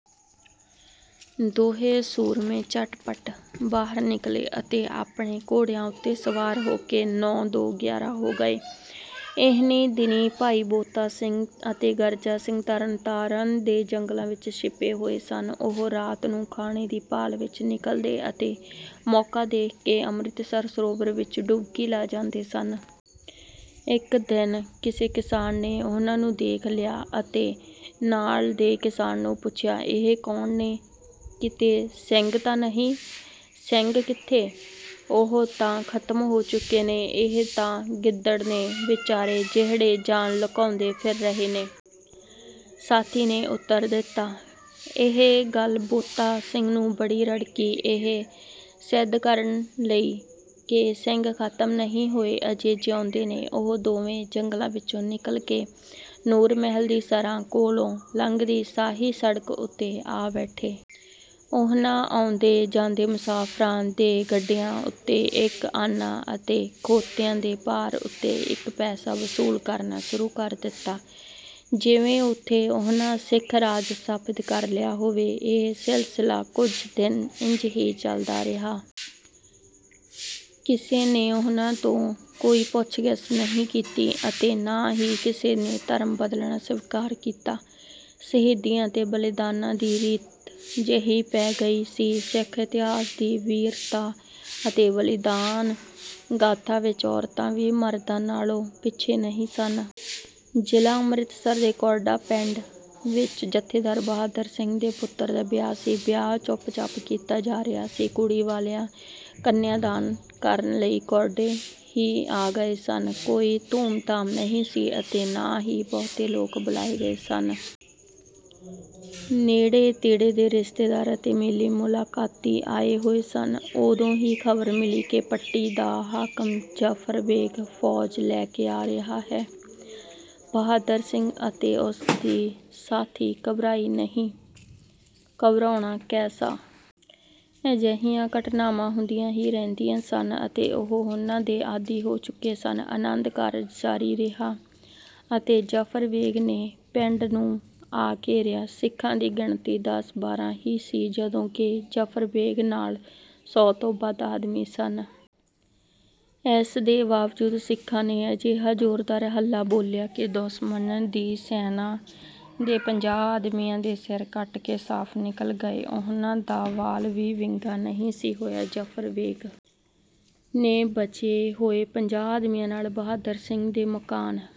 ਦੋਹੇਂ ਸੂਰਮੇ ਝਟਪਟ ਬਾਹਰ ਨਿਕਲੇ ਅਤੇ ਆਪਣੇ ਘੋੜਿਆਂ ਉੱਤੇ ਸਵਾਰ ਹੋ ਕੇ ਨੌਂ ਦੋ ਗਿਆਰਾਂ ਹੋ ਗਏ। ਇਹਨੀਂ ਦਿਨੀਂ ਭਾਈ ਬੋਤਾ ਸਿੰਘ ਅਤੇ ਗਰਜਾ ਸਿੰਘ ਤਰਨਤਾਰਨ ਦੇ ਜੰਗਲਾਂ ਵਿੱਚ ਛਿਪੇ ਹੋਏ ਸਨ। ਉਹ ਰਾਤ ਨੂੰ ਖਾਣੇ ਦੀ ਭਾਲ ਵਿੱਚ ਨਿਕਲਦੇ ਅਤੇ ਮੌਕਾ ਦੇਖ ਕੇ ਅੰਮ੍ਰਿਤਸਰ ਸਰੋਵਰ ਵਿੱਚ ਡੁਬਕੀ ਲਾ ਜਾਂਦੇ ਸਨ। ਇੱਕ ਦਿਨ ਕਿਸੇ ਕਿਸਾਨ ਨੇ ਉਹਨਾਂ ਨੂੰ ਦੇਖ ਲਿਆ ਅਤੇ ਨਾਲ ਦੇ ਕਿਸਾਨ ਨੂੰ ਪੁੱਛਿਆ, "ਇਹ ਕੌਣ ਨੇ? ਕਿਤੇ ਸਿੰਘ ਤਾਂ ਨਹੀਂ?" "ਸਿੰਘ ਕਿੱਥੇ? ਉਹ ਤਾਂ ਖ਼ਤਮ ਹੋ ਚੁੱਕੇ ਨੇ, ਇਹ ਤਾਂ ਗਿੱਦੜ ਨੇ ਵਿਚਾਰੇ ਜਿਹੜੇ ਜਾਨ ਲੁਕਾਂਦੇ ਫਿਰ ਰਹੇ ਨੇ।" ਸਾਥੀ ਨੇ ਉੱਤਰ ਦਿੱਤਾ। ਇਹ ਗੱਲ ਬੋਤਾ ਸਿੰਘ ਨੂੰ ਬੜੀ ਰੜਕੀ। ਇਹ ਸਿੱਧ ਕਰਨ ਲਈ ਕਿ ਸਿੰਘ ਖ਼ਤਮ ਨਹੀਂ ਹੋਏ, ਅਜੇ ਜਿਉਂਦੇ ਨੇ, ਉਹ ਦੋਵੇਂ ਜੰਗਲਾਂ ਵਿੱਚੋਂ ਨਿਕਲ ਕੇ ਨੂਰ ਮਹਿਲ ਦੀ ਸਰਾਂ ਕੋਲੋਂ ਲੰਘਦੀ ਸ਼ਾਹੀ ਸੜਕ ਉੱਤੇ ਆ ਬੈਠੇ। ਉਹਨਾਂ ਆਉਂਦੇ-ਜਾਂਦੇ ਮੁਸਾਫਰਾਂ ਦੇ ਗੱਡਿਆਂ ਉੱਤੇ ਇੱਕ ਆਨਾ ਅਤੇ ਖੋਤਿਆਂ ਦੇ ਭਾਰ ਉੱਤੇ ਇੱਕ ਪੈਸਾ ਵਸੂਲ ਕਰਨਾ ਸ਼ੁਰੂ ਕਰ ਦਿੱਤਾ, ਜਿਵੇਂ ਉੱਥੇ ਉਹਨਾਂ ਸਿੱਖ ਰਾਜ ਸਥਾਪਤ ਕਰ ਲਿਆ ਹੋਵੇ। ਇਹ ਸਿਲਸਿਲਾ ਕੁਝ ਦਿਨ ਇੰਜ ਹੀ ਚੱਲਦਾ ਰਿਹਾ। ਕਿਸੇ ਨੇ ਉਹਨਾਂ ਤੋਂ ਕੋਈ ਪੁੱਛ-ਗਿੱਛ ਨਹੀਂ ਕੀਤੀ ਅਤੇ ਨਾ ਹੀ ਕਿਸੇ ਨੇ ਧਰਮ ਬਦਲਣਾ ਸਵੀਕਾਰ ਕੀਤਾ। ਸ਼ਹੀਦੀਆਂ ਅਤੇ ਬਲੀਦਾਨਾਂ ਦੀ ਰੀਤ ਜਿਹੀ ਪੈ ਗਈ ਸੀ। ਸਿੱਖ ਇਤਿਹਾਸ ਦੀ ਵੀਰਤਾ ਅਤੇ ਬਲੀਦਾਨ ਗਾਥਾ ਵਿੱਚ ਔਰਤਾਂ ਵੀ ਮਰਦਾਂ ਨਾਲੋਂ ਪਿੱਛੇ ਨਹੀਂ ਸਨ। ਜ਼ਿਲ੍ਹਾ ਅੰਮ੍ਰਿਤਸਰ ਦੇ ਕੌਂਡਾ ਪਿੰਡ ਵਿੱਚ ਜਥੇਦਾਰ ਬਹਾਦਰ ਸਿੰਘ ਦੇ ਪੁੱਤਰ ਦਾ ਵਿਆਹ ਸੀ। ਵਿਆਹ ਚੁੱਪ-ਚਾਪ ਕੀਤਾ ਜਾ ਰਿਹਾ ਸੀ। ਕੁੜੀ ਵਾਲੇ ਕੰਨਿਆਂ ਦਾਨ ਕਰਨ ਲਈ ਕੌਂਡੇ ਹੀ ਆ ਗਏ ਸਨ। ਕੋਈ ਧੂਮ-ਧਾਮ ਨਹੀਂ ਸੀ ਅਤੇ ਨਾ ਹੀ ਬਹੁਤੇ ਲੋਕ ਬੁਲਾਏ ਗਏ ਸਨ। ਨੇੜੇ-ਤੇੜੇ ਦੇ ਰਿਸ਼ਤੇਦਾਰ ਅਤੇ ਮੇਲੀ-ਮੁਲਾਕਾਤੀ ਆਏ ਹੋਏ ਸਨ। ਉਦੋਂ ਹੀ ਖ਼ਬਰ ਮਿਲੀ ਕਿ ਪੱਟੀ ਦਾ ਹਾਕਮ ਜ਼ਫ਼ਰ ਬੇਗ਼ ਫੌਜ ਲੈ ਕੇ ਆ ਰਿਹਾ ਹੈ। ਬਹਾਦਰ ਸਿੰਘ ਅਤੇ ਉਸਦੇ ਸਾਥੀ ਘਬਰਾਏ ਨਹੀਂ। ਘਬਰਾਉਣਾ ਕੈਸਾ? ਅਜਿਹੀਆਂ ਘਟਨਾਵਾਂ ਹੁੰਦੀਆਂ ਹੀ ਰਹਿੰਦੀਆਂ ਸਨ ਅਤੇ ਉਹ ਉਹਨਾਂ ਦੇ ਆਦੀ ਹੋ ਚੁੱਕੇ ਸਨ। ਆਨੰਦ ਕਾਰਜ ਜਾਰੀ ਰਿਹਾ ਅਤੇ ਜ਼ਫ਼ਰ ਬੇਗ਼ ਨੇ ਪਿੰਡ ਨੂੰ ਆ ਘੇਰਿਆ। ਸਿੱਖਾਂ ਦੀ ਗਿਣਤੀ ਦਸ-ਬਾਰਾਂ ਹੀ ਸੀ ਜਦੋਂ ਕਿ ਜ਼ਫ਼ਰ ਬੇਗ਼ ਨਾਲ ਸੌ ਤੋਂ ਵੱਧ ਆਦਮੀ ਸਨ। ਇਸ ਦੇ ਬਾਵਜੂਦ ਸਿੱਖਾਂ ਨੇ ਅਜਿਹਾ ਜ਼ੋਰਦਾਰ ਹੱਲਾ ਬੋਲਿਆ ਕਿ ਦੁਸ਼ਮਨ ਦੀ ਸੈਨਾ ਦੇ ਪੰਜਾਹ ਆਦਮੀਆਂ ਦੇ ਸਿਰ ਕੱਟ ਕੇ ਸਾਫ਼ ਨਿਕਲ ਗਏ। ਉਹਨਾਂ ਦਾ ਵਾਲ ਵੀ ਵਿੰਗਾ ਨਹੀਂ ਸੀ ਹੋਇਆ। ਜ਼ਫ਼ਰ ਬੇਗ਼ ਨੇ ਬਚੇ ਹੋਏ ਪੰਜਾਹ ਆਦਮੀਆਂ ਨਾਲ ਬਹਾਦਰ ਸਿੰਘ ਦੇ ਮਕਾਨ